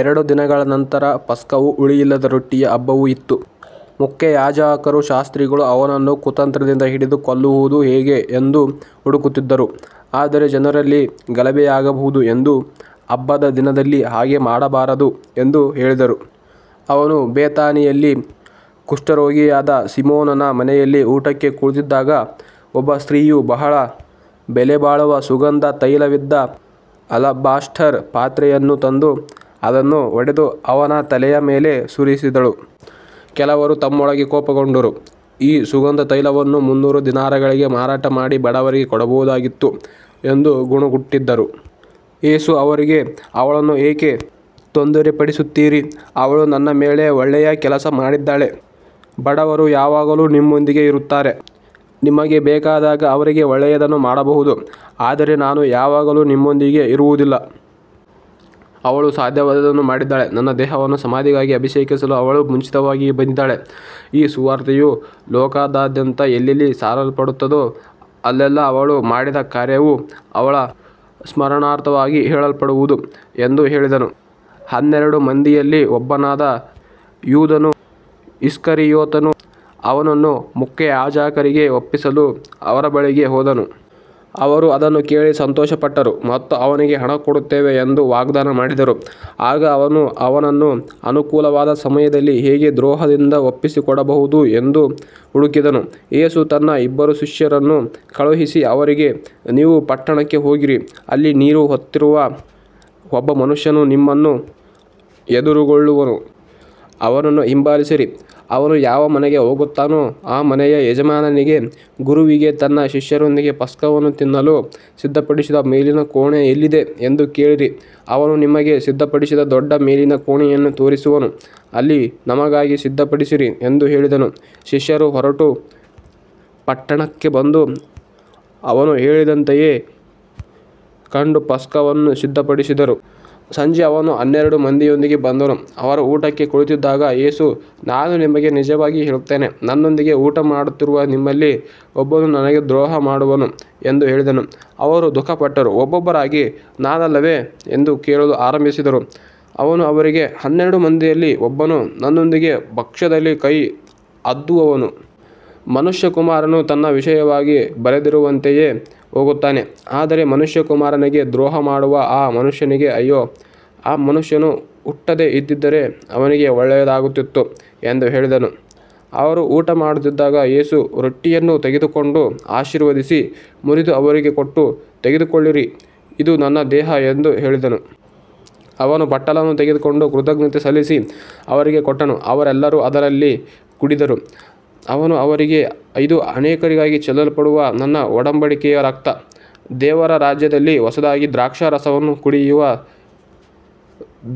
ಎರಡು ದಿನಗಳ ನಂತರ ಪಸ್ಕವೂ ಹುಳಿಯಿಲ್ಲದ ರೊಟ್ಟಿಯ ಹಬ್ಬವೂ ಇತ್ತು. ಮುಖ್ಯಯಾಜಕರೂ ಶಾಸ್ತ್ರಿಗಳೂ ಅವನನ್ನು ಕುತಂತ್ರದಿಂದ ಹಿಡಿದು ಕೊಲ್ಲುವುದು ಹೇಗೆ ಎಂದು ಹುಡುಕುತ್ತಿದ್ದರು. ಆದರೆ ಜನರಲ್ಲಿ ಗಲಭೆಯಾಗಬಹುದು ಎಂದು ಹಬ್ಬದ ದಿನದಲ್ಲಿ ಹಾಗೆ ಮಾಡಬಾರದು ಎಂದು ಹೇಳಿದರು. ಅವನು ಬೇಥಾನಿಯಲ್ಲಿ ಕುಷ್ಠರೋಗಿಯಾದ ಸೀಮೋನನ ಮನೆಯಲ್ಲಿ ಊಟಕ್ಕೆ ಕುಳಿತಿದ್ದಾಗ ಒಬ್ಬ ಸ್ತ್ರೀಯು ಬಹಳ ಬೆಲೆಬಾಳುವ ಸುಗಂಧ ತೈಲವಿದ್ದ ಅಲಬಾಸ್ಟರ್ ಪಾತ್ರೆಯನ್ನು ತಂದು ಅದನ್ನು ಒಡೆದು ಅವನ ತಲೆಯ ಮೇಲೆ ಸುರಿಸಿದಳು. ಕೆಲವರು ತಮ್ಮೊಳಗೆ ಕೋಪಗೊಂಡು, ಈ ಸುಗಂಧ ತೈಲವನ್ನು ಮುನ್ನೂರು ದಿನಾರಗಳಿಗೆ ಮಾರಾಟ ಮಾಡಿ ಬಡವರಿಗೆ ಕೊಡಬಹುದಾಗಿತ್ತು ಎಂದು ಗುಣುಗುಟ್ಟಿದರು. ಯೇಸು ಅವರಿಗೆ, ಅವಳನ್ನು ಏಕೆ ತೊಂದರೆಪಡಿಸುತ್ತೀರಿ. ಅವಳು ನನ್ನ ಮೇಲೆ ಒಳ್ಳೆಯ ಕೆಲಸ ಮಾಡಿದ್ದಾಳೆ. ಬಡವರು ಯಾವಾಗಲೂ ನಿಮ್ಮೊಂದಿಗೆ ಇರುತ್ತಾರೆ, ನಿಮಗೆ ಬೇಕಾದಾಗ ಅವರಿಗೆ ಒಳ್ಳೆಯದನ್ನು ಮಾಡಬಹುದು, ಆದರೆ ನಾನು ಯಾವಾಗಲೂ ನಿಮ್ಮೊಂದಿಗೆ ಇರುವುದಿಲ್ಲ. ಅವಳು ಸಾಧ್ಯವಾದದ್ದನ್ನು ಮಾಡಿದ್ದಾಳೆ. ನನ್ನ ದೇಹವನ್ನು ಸಮಾಧಿಗಾಗಿ ಅಭಿಷೇಕಿಸಲು ಅವಳು ಮುಂಚಿತವಾಗಿಯೇ ಬಂದಿದ್ದಾಳೆ. ಈ ಸುವಾರ್ತೆಯು ಲೋಕದಾದ್ಯಂತ ಎಲ್ಲೆಲ್ಲಿ ಸಾರಲ್ಪಡುತ್ತದೋ ಅಲ್ಲೆಲ್ಲಾ ಅವಳು ಮಾಡಿದ ಕಾರ್ಯವೂ ಅವಳ ಸ್ಮರಣಾರ್ಥವಾಗಿ ಹೇಳಲ್ಪಡುವುದು ಎಂದು ಹೇಳಿದನು. ಹನ್ನೆರಡು ಮಂದಿಯಲ್ಲಿ ಒಬ್ಬನಾದ ಯೂದನು ಇಸ್ಕರಿಯೋತನು ಅವನನ್ನು ಮುಖ್ಯಯಾಜಕರಿಗೆ ಒಪ್ಪಿಸಲು ಅವರ ಬಳಿಗೆ ಹೋದನು. ಅವರು ಅದನ್ನು ಕೇಳಿ ಸಂತೋಷಪಟ್ಟರು ಮತ್ತು ಅವನಿಗೆ ಹಣ ಕೊಡುತ್ತೇವೆ ಎಂದು ವಾಗ್ದಾನ ಮಾಡಿದರು. ಆಗ ಅವನು ಅವನನ್ನು ಅನುಕೂಲವಾದ ಸಮಯದಲ್ಲಿ ಹೇಗೆ ದ್ರೋಹದಿಂದ ಒಪ್ಪಿಸಿಕೊಡಬಹುದು ಎಂದು ಹುಡುಕಿದನು. ಯೇಸು ತನ್ನ ಇಬ್ಬರು ಶಿಷ್ಯರನ್ನು ಕಳುಹಿಸಿ ಅವರಿಗೆ, ನೀವು ಪಟ್ಟಣಕ್ಕೆ ಹೋಗಿರಿ. ಅಲ್ಲಿ ನೀರು ಹೊತ್ತಿರುವ ಒಬ್ಬ ಮನುಷ್ಯನು ನಿಮ್ಮನ್ನು ಎದುರುಗೊಳ್ಳುವನು. ಅವನನ್ನು ಹಿಂಬಾಲಿಸಿರಿ. ಅವನು ಯಾವ ಮನೆಗೆ ಹೋಗುತ್ತಾನೋ ಆ ಮನೆಯ ಯಜಮಾನನಿಗೆ, ಗುರುವಿಗೆ ತನ್ನ ಶಿಷ್ಯರೊಂದಿಗೆ ಪಸ್ಕವನ್ನು ತಿನ್ನಲು ಸಿದ್ಧಪಡಿಸಿದ ಮೇಲಿನ ಕೋಣೆ ಎಲ್ಲಿದೆ ಎಂದು ಕೇಳಿರಿ. ಅವನು ನಿಮಗೆ ಸಿದ್ಧಪಡಿಸಿದ ದೊಡ್ಡ ಮೇಲಿನ ಕೋಣೆಯನ್ನು ತೋರಿಸುವನು. ಅಲ್ಲಿ ನಮಗಾಗಿ ಸಿದ್ಧಪಡಿಸಿರಿ ಎಂದು ಹೇಳಿದನು. ಶಿಷ್ಯರು ಹೊರಟು ಪಟ್ಟಣಕ್ಕೆ ಬಂದು, ಅವನು ಹೇಳಿದಂತೆಯೇ ಕಂಡು ಪಸ್ಕವನ್ನು ಸಿದ್ಧಪಡಿಸಿದರು. ಸಂಜೆ ಅವನು ಹನ್ನೆರಡು ಮಂದಿಯೊಂದಿಗೆ ಬಂದನು. ಅವರು ಊಟಕ್ಕೆ ಕುಳಿತಿದ್ದಾಗ ಯೇಸು, ನಾನು ನಿಮಗೆ ನಿಜವಾಗಿ ಹೇಳುತ್ತೇನೆ, ನನ್ನೊಂದಿಗೆ ಊಟಮಾಡುತ್ತಿರುವ ನಿಮ್ಮಲ್ಲಿ ಒಬ್ಬನು ನನಗೆ ದ್ರೋಹಮಾಡುವನು ಎಂದು ಹೇಳಿದನು. ಅವರು ದುಃಖಪಟ್ಟು ಒಬ್ಬೊಬ್ಬರಾಗಿ, ನಾನಲ್ಲವೇ ಎಂದು ಕೇಳಲು ಆರಂಭಿಸಿದರು. ಅವನು ಅವರಿಗೆ, ಹನ್ನೆರಡು ಮಂದಿಯಲ್ಲಿ ಒಬ್ಬನು ನನ್ನೊಂದಿಗೆ ಭಕ್ಷ್ಯದಲ್ಲಿ ಕೈ ಅದ್ದುವವನು. ಮನುಷ್ಯಕುಮಾರನು ತನ್ನ ವಿಷಯವಾಗಿ ಬರೆದಿರುವಂತೆಯೇ ಹೋಗುತ್ತಾನೆ. ಆದರೆ ಮನುಷ್ಯಕುಮಾರನಿಗೆ ದ್ರೋಹಮಾಡುವ ಆ ಮನುಷ್ಯನಿಗೆ ಅಯ್ಯೋ. ಆ ಮನುಷ್ಯನು ಹುಟ್ಟದೇ ಇದ್ದಿದ್ದರೆ ಅವನಿಗೆ ಒಳ್ಳೆಯದಾಗುತ್ತಿತ್ತು ಎಂದು ಹೇಳಿದನು. ಅವರು ಊಟಮಾಡುತ್ತಿದ್ದಾಗ ಯೇಸು ರೊಟ್ಟಿಯನ್ನು ತೆಗೆದುಕೊಂಡು ಆಶೀರ್ವದಿಸಿ ಮುರಿದು ಅವರಿಗೆ ಕೊಟ್ಟು, ತೆಗೆದುಕೊಳ್ಳಿರಿ, ಇದು ನನ್ನ ದೇಹ ಎಂದು ಹೇಳಿದನು. ಅವನು ಬಟ್ಟಲನ್ನು ತೆಗೆದುಕೊಂಡು ಕೃತಜ್ಞತೆ ಸಲ್ಲಿಸಿ ಅವರಿಗೆ ಕೊಟ್ಟನು. ಅವರೆಲ್ಲರೂ ಅದರಲ್ಲಿ ಕುಡಿದರು. ಅವನು ಅವರಿಗೆ, ಇದು ಅನೇಕರಿಗಾಗಿ ಚೆಲ್ಲಲ್ಪಡುವ ನನ್ನ ಒಡಂಬಡಿಕೆಯ ರಕ್ತ. ದೇವರ ರಾಜ್ಯದಲ್ಲಿ ಹೊಸದಾಗಿ ದ್ರಾಕ್ಷಾರಸವನ್ನು ಕುಡಿಯುವ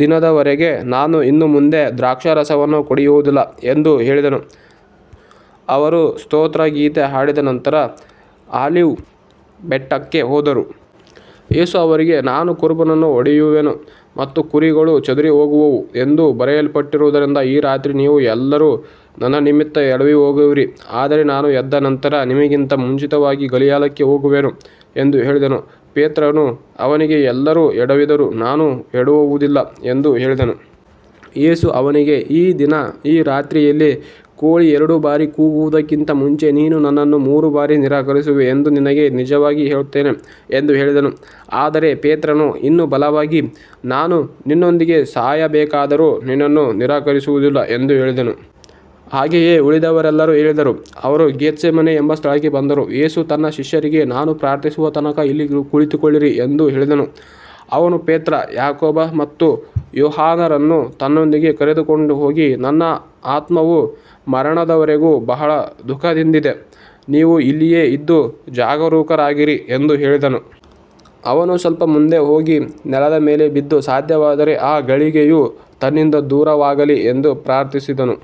ದಿನದವರೆಗೆ ನಾನು ಇನ್ನು ಮುಂದೆ ದ್ರಾಕ್ಷಾರಸವನ್ನು ಕುಡಿಯುವುದಿಲ್ಲ ಎಂದು ಹೇಳಿದನು. ಅವರು ಸ್ತೋತ್ರಗೀತೆ ಹಾಡಿದ ನಂತರ ಆಲಿವ್ ಬೆಟ್ಟಕ್ಕೆ ಹೋದರು. ಯೇಸು ಅವರಿಗೆ, ನಾನು ಕುರುಬನನ್ನು ಹೊಡೆಯುವೆನು ಮತ್ತು ಕುರಿಗಳು ಚದುರಿಹೋಗುವವು ಎಂದು ಬರೆಯಲ್ಪಟ್ಟಿರುವುದರಿಂದ ಈ ರಾತ್ರಿ ನೀವು ಎಲ್ಲರೂ ನನ್ನ ನಿಮಿತ್ತ ಎಡವಿಹೋಗುವಿರಿ. ಆದರೆ ನಾನು ಎದ್ದ ನಂತರ ನಿಮ್ಮಿಗಿಂತ ಮುಂಚಿತವಾಗಿ ಗಲಿಲಾಯಕ್ಕೆ ಹೋಗುವೆನು ಎಂದು ಹೇಳಿದನು. ಪೇತ್ರನು ಅವನಿಗೆ, ಎಲ್ಲರೂ ಎಡವಿದರೂ ನಾನು ಎಡವುವುದಿಲ್ಲ ಎಂದು ಹೇಳಿದನು. ಯೇಸು ಅವನಿಗೆ, ಈ ದಿನ, ಈ ರಾತ್ರಿಯಲ್ಲೇ ಕೋಳಿ ಎರಡು ಬಾರಿ ಕೂಗುವುದಕ್ಕಿಂತ ಮುಂಚೆ ನೀನು ನನ್ನನ್ನು ಮೂರು ಬಾರಿ ನಿರಾಕರಿಸುವೆ ಎಂದು ನಿನಗೆ ನಿಜವಾಗಿ ಹೇಳುತ್ತೇನೆ ಎಂದು ಹೇಳಿದನು. ಆದರೆ ಪೇತ್ರನು ಇನ್ನೂ ಬಲವಾಗಿ, ನಾನು ನಿನ್ನೊಂದಿಗೆ ಸಾಯಬೇಕಾದರೂ ನಿನ್ನನ್ನು ನಿರಾಕರಿಸುವುದಿಲ್ಲ ಎಂದು ಹೇಳಿದನು. ಹಾಗೆಯೇ ಉಳಿದವರೆಲ್ಲರೂ ಹೇಳಿದರು. ಅವರು ಗೆತ್ಸೇಮನೆ ಎಂಬ ಸ್ಥಳಕ್ಕೆ ಬಂದರು. ಯೇಸು ತನ್ನ ಶಿಷ್ಯರಿಗೆ, ನಾನು ಪ್ರಾರ್ಥಿಸುವ ತನಕ ಇಲ್ಲಿ ಕುಳಿತುಕೊಳ್ಳಿರಿ ಎಂದು ಹೇಳಿದನು. ಅವನು ಪೇತ್ರ, ಯಾಕೋಬ ಮತ್ತು ಯೋಹಾನರನ್ನು ತನ್ನೊಂದಿಗೆ ಕರೆದುಕೊಂಡು ಹೋಗಿ, ನನ್ನ ಆತ್ಮವು ಮರಣದವರೆಗೂ ಬಹಳ ದುಃಖದಿಂದಿದೆ. ನೀವು ಇಲ್ಲಿಯೇ ಇದ್ದು ಜಾಗರೂಕರಾಗಿರಿ ಎಂದು ಹೇಳಿದನು. ಅವನು ಸ್ವಲ್ಪ ಮುಂದೆ ಹೋಗಿ ನೆಲದ ಮೇಲೆ ಬಿದ್ದು, ಸಾಧ್ಯವಾದರೆ ಆ ಗಳಿಗೆಯು ತನ್ನಿಂದ ದೂರವಾಗಲಿ ಎಂದು ಪ್ರಾರ್ಥಿಸಿದನು.